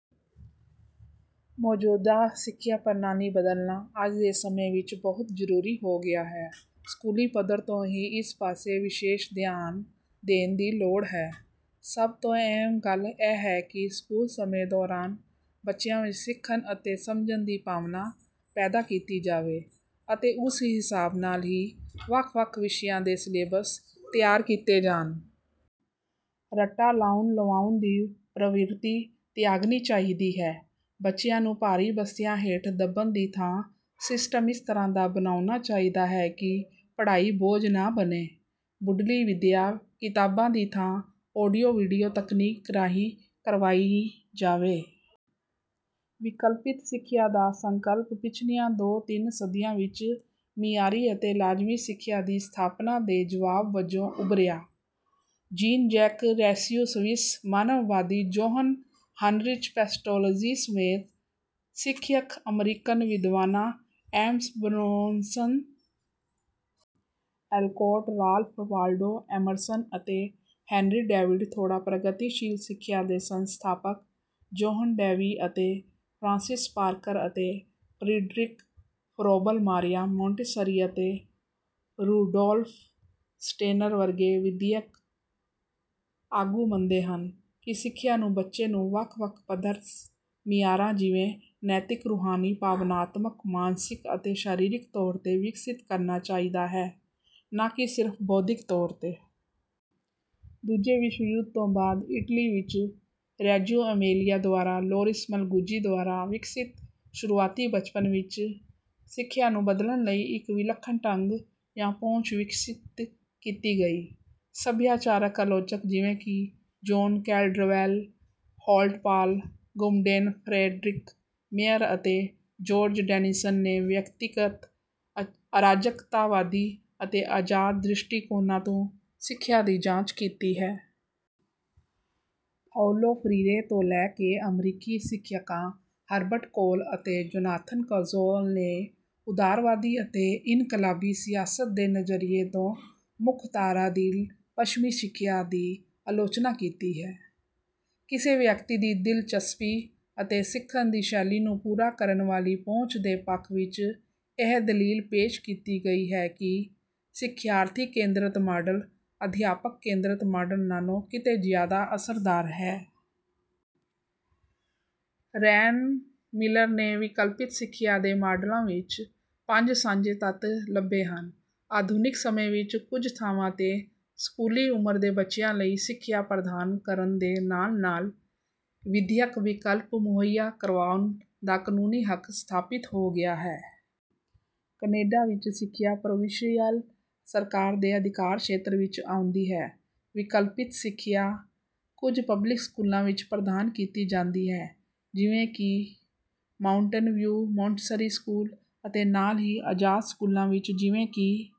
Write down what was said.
ਮੌਜੂਦਾ ਸਿੱਖਿਆ ਪ੍ਰਣਾਲੀ ਬਦਲਣਾ ਅੱਜ ਦੇ ਸਮੇਂ ਵਿੱਚ ਬਹੁਤ ਜ਼ਰੂਰੀ ਹੋ ਗਿਆ ਹੈ। ਸਕੂਲੀ ਪੱਧਰ ਤੋਂ ਹੀ ਇਸ ਪਾਸੇ ਵਿਸ਼ੇਸ਼ ਧਿਆਨ ਦੇਣ ਦੀ ਲੋੜ ਹੈ। ਸਭ ਤੋਂ ਅਹਿਮ ਗੱਲ ਇਹ ਹੈ ਕਿ ਸਕੂਲ ਸਮੇਂ ਦੌਰਾਨ ਬੱਚਿਆਂ ਵਿੱਚ ਸਿੱਖਣ ਅਤੇ ਸਮਝਣ ਦੀ ਭਾਵਨਾ ਪੈਦਾ ਕੀਤੀ ਜਾਵੇ ਅਤੇ ਉਸ ਹਿਸਾਬ ਨਾਲ ਹੀ ਵੱਖ ਵੱਖ ਵਿਸ਼ਿਆਂ ਦੇ ਸਿਲੇਬਸ ਤਿਆਰ ਕੀਤੇ ਜਾਣ। ਰੱਟਾ ਲਾਉਣ ਲਵਾਉਣ ਦੀ ਪ੍ਰਵਿਰਤੀ ਤਿਆਗਣੀ ਚਾਹੀਦੀ ਹੈ। ਬੱਚਿਆਂ ਨੂੰ ਭਾਰੀ ਬਸਤਿਆਂ ਹੇਠ ਦੱਬਣ ਦੀ ਥਾਂ ਸਿਸਟਮ ਇਸ ਤਰ੍ਹਾਂ ਦਾ ਬਣਾਉਣਾ ਚਾਹੀਦਾ ਹੈ ਕਿ ਪੜ੍ਹਾਈ ਬੋਝ ਨਾ ਬਣੇ। ਮੁੱਢਲੀ ਵਿੱਦਿਆ ਕਿਤਾਬਾਂ ਦੀ ਥਾਂ ਆਡੀਓ ਵੀਡੀਓ ਤਕਨੀਕ ਰਾਹੀਂ ਕਰਵਾਈ ਜਾਵੇ। ਵਿਕਲਪਿਤ ਸਿੱਖਿਆ ਦਾ ਸੰਕਲਪ ਪਿਛਲੀਆਂ ਦੋ ਤਿੰਨ ਸਦੀਆਂ ਵਿੱਚ ਮਿਆਰੀ ਅਤੇ ਲਾਜ਼ਮੀ ਸਿੱਖਿਆ ਦੀ ਸਥਾਪਨਾ ਦੇ ਜਵਾਬ ਵਜੋਂ ਉੱਭਰਿਆ। ਜੀਨ ਜੈਕ ਰੋਸੇਯੂ ਸਵਿੱਸ ਮਾਨਵਵਾਦੀ ਜੋਹਨ ਹਨਰਿਚ ਪੈਸਟੋਲੋਜ਼ੀ ਸਮੇਤ ਸਿੱਖਿਅਕ ਅਮਰੀਕਨ ਵਿਦਵਾਨਾਂ Amos Bronson Alcott Ralph Waldo Emerson ਅਤੇ ਹੈਨਰੀ ਡੇਵਿਡ ਥੋਰਾ ਪ੍ਰਗਤੀਸ਼ੀਲ ਸਿੱਖਿਆ ਦੇ ਸੰਸਥਾਪਕ ਜੌਹਨ ਡੇਵੀ ਅਤੇ ਫਰਾਂਸਿਸ ਪਾਰਕਰ ਅਤੇ ਫਰੀਡਰਿਕ ਫਰੋਬਲ ਮਾਰੀਆ ਮੋਂਟੇਸਰੀ ਅਤੇ ਰੁਡੌਲਫ ਸਟੈਨਰ ਵਰਗੇ ਵਿੱਦਿਅਕ ਆਗੂ ਮੰਨਦੇ ਹਨ ਕਿ ਸਿੱਖਿਆ ਨੂੰ ਬੱਚੇ ਨੂੰ ਵੱਖ ਵੱਖ ਪੱਧਰ ਮਿਆਰਾਂ ਜਿਵੇਂ ਨੈਤਿਕ ਰੂਹਾਨੀ ਭਾਵਨਾਤਮਕ ਮਾਨਸਿਕ ਅਤੇ ਸਰੀਰਕ ਤੌਰ ਤੇ ਵਿਕਸਿਤ ਕਰਨਾ ਚਾਹੀਦਾ ਹੈ ਨਾ ਕਿ ਸਿਰਫ ਬੌਧਿਕ ਤੌਰ ਤੇ। ਦੂਜੇ ਵਿਸ਼ਵ ਯੁੱਧ ਤੋਂ ਬਾਅਦ ਇਟਲੀ ਵਿੱਚ ਰੈਜੂਓ ਏਮੀਲਿਆ ਦੁਆਰਾ ਲੋਰਿਸ ਮਲਗੁਜੀ ਦੁਆਰਾ ਵਿਕਸਿਤ ਸ਼ੁਰੂਆਤੀ ਬਚਪਨ ਵਿੱਚ ਸਿੱਖਿਆ ਨੂੰ ਬਦਲਣ ਲਈ ਇੱਕ ਵਿਲੱਖਣ ਢੰਗ ਜਾਂ ਪਹੁੰਚ ਵਿਕਸਿਤ ਕੀਤੀ ਗਈ। ਸੱਭਿਆਚਾਰਕ ਆਲੋਚਕ ਜਿਵੇਂ ਕਿ John Caldwell Holt Paul Goodman Frederick Mayer ਅਤੇ ਜੌਰਜ ਡੇਨੀਸਨ ਨੇ ਵਿਅਕਤੀਗਤ ਅਰਾਜਕਤਾਵਾਦੀ ਅਤੇ ਆਜ਼ਾਦ ਦ੍ਰਿਸ਼ਟੀਕੋਣਾਂ ਤੋਂ ਸਿੱਖਿਆ ਦੀ ਜਾਂਚ ਕੀਤੀ ਹੈ। ਪਾਓਲੋ ਫਰੀਰੇ ਤੋਂ ਲੈ ਕੇ ਅਮਰੀਕੀ ਸਿੱਖਿਅਕਾਂ ਹਰਬਰਟ ਕੋਲ ਅਤੇ ਜੋਨਾਥਨ ਕੋਜ਼ੋਲ ਨੇ ਉਦਾਰਵਾਦੀ ਅਤੇ ਇਨਕਲਾਬੀ ਸਿਆਸਤ ਦੇ ਨਜ਼ਰੀਏ ਤੋਂ ਮੁੱਖ ਧਾਰਾ ਦੀ ਪੱਛਮੀ ਸਿੱਖਿਆ ਦੀ ਆਲੋਚਨਾ ਕੀਤੀ ਹੈ। ਕਿਸੇ ਵਿਅਕਤੀ ਦੀ ਦਿਲਚਸਪੀ ਅਤੇ ਸਿੱਖਣ ਦੀ ਸ਼ੈਲੀ ਨੂੰ ਪੂਰਾ ਕਰਨ ਵਾਲੀ ਪਹੁੰਚ ਦੇ ਪੱਖ ਵਿੱਚ ਇਹ ਦਲੀਲ ਪੇਸ਼ ਕੀਤੀ ਗਈ ਹੈ ਕਿ ਸਿਖਿਆਰਥੀ ਕੇਂਦਰਤ ਮਾਡਲ ਅਧਿਆਪਕ ਕੇਂਦਰਤ ਮਾਡਲ ਨਾਲੋਂ ਕਿਤੇ ਜਿਆਦਾ ਅਸਰਦਾਰ ਹੈ। ਰੈਨ ਮਿਲਰ ਨੇ ਵਿਕਲਪਿਤ ਸਿੱਖਿਆ ਦੇ ਮਾਡਲਾਂ ਵਿੱਚ ਪੰਜ ਸਾਂਝੇ ਤੱਤ ਲੱਭੇ ਹਨ। ਆਧੁਨਿਕ ਸਮੇਂ ਵਿੱਚ ਕੁਝ ਥਾਵਾਂ ਤੇ ਸਕੂਲੀ ਉਮਰ ਦੇ ਬੱਚਿਆਂ ਲਈ ਸਿੱਖਿਆ ਪ੍ਰਦਾਨ ਕਰਨ ਦੇ ਨਾਲ ਨਾਲ ਵਿੱਦਿਅਕ ਵਿਕਲਪ ਮੁਹੱਈਆ ਕਰਾਉਣ ਦਾ ਕਾਨੂੰਨੀ ਹੱਕ ਸਥਾਪਿਤ ਹੋ ਗਿਆ ਹੈ। ਕੈਨੇਡਾ ਵਿੱਚ ਸਿੱਖਿਆ ਪ੍ਰੋਵਿੰਸ਼ੀਅਲ ਸਰਕਾਰ ਦੇ ਅਧਿਕਾਰ ਖੇਤਰ ਵਿੱਚ ਆਉਂਦੀ ਹੈ। ਵਿਕਲਪਿਤ ਸਿੱਖਿਆ ਕੁਝ ਪਬਲਿਕ ਸਕੂਲਾਂ ਵਿੱਚ ਪ੍ਰਦਾਨ ਕੀਤੀ ਜਾਂਦੀ ਹੈ ਜਿਵੇਂ ਕਿ ਮਾਉਂਟੇਨਵਿਉ ਮੌਂਟਸਰੀ ਸਕੂਲ ਅਤੇ ਨਾਲ ਹੀ ਆਜ਼ਾਦ ਸਕੂਲਾਂ ਵਿੱਚ ਜਿਵੇਂ ਕਿ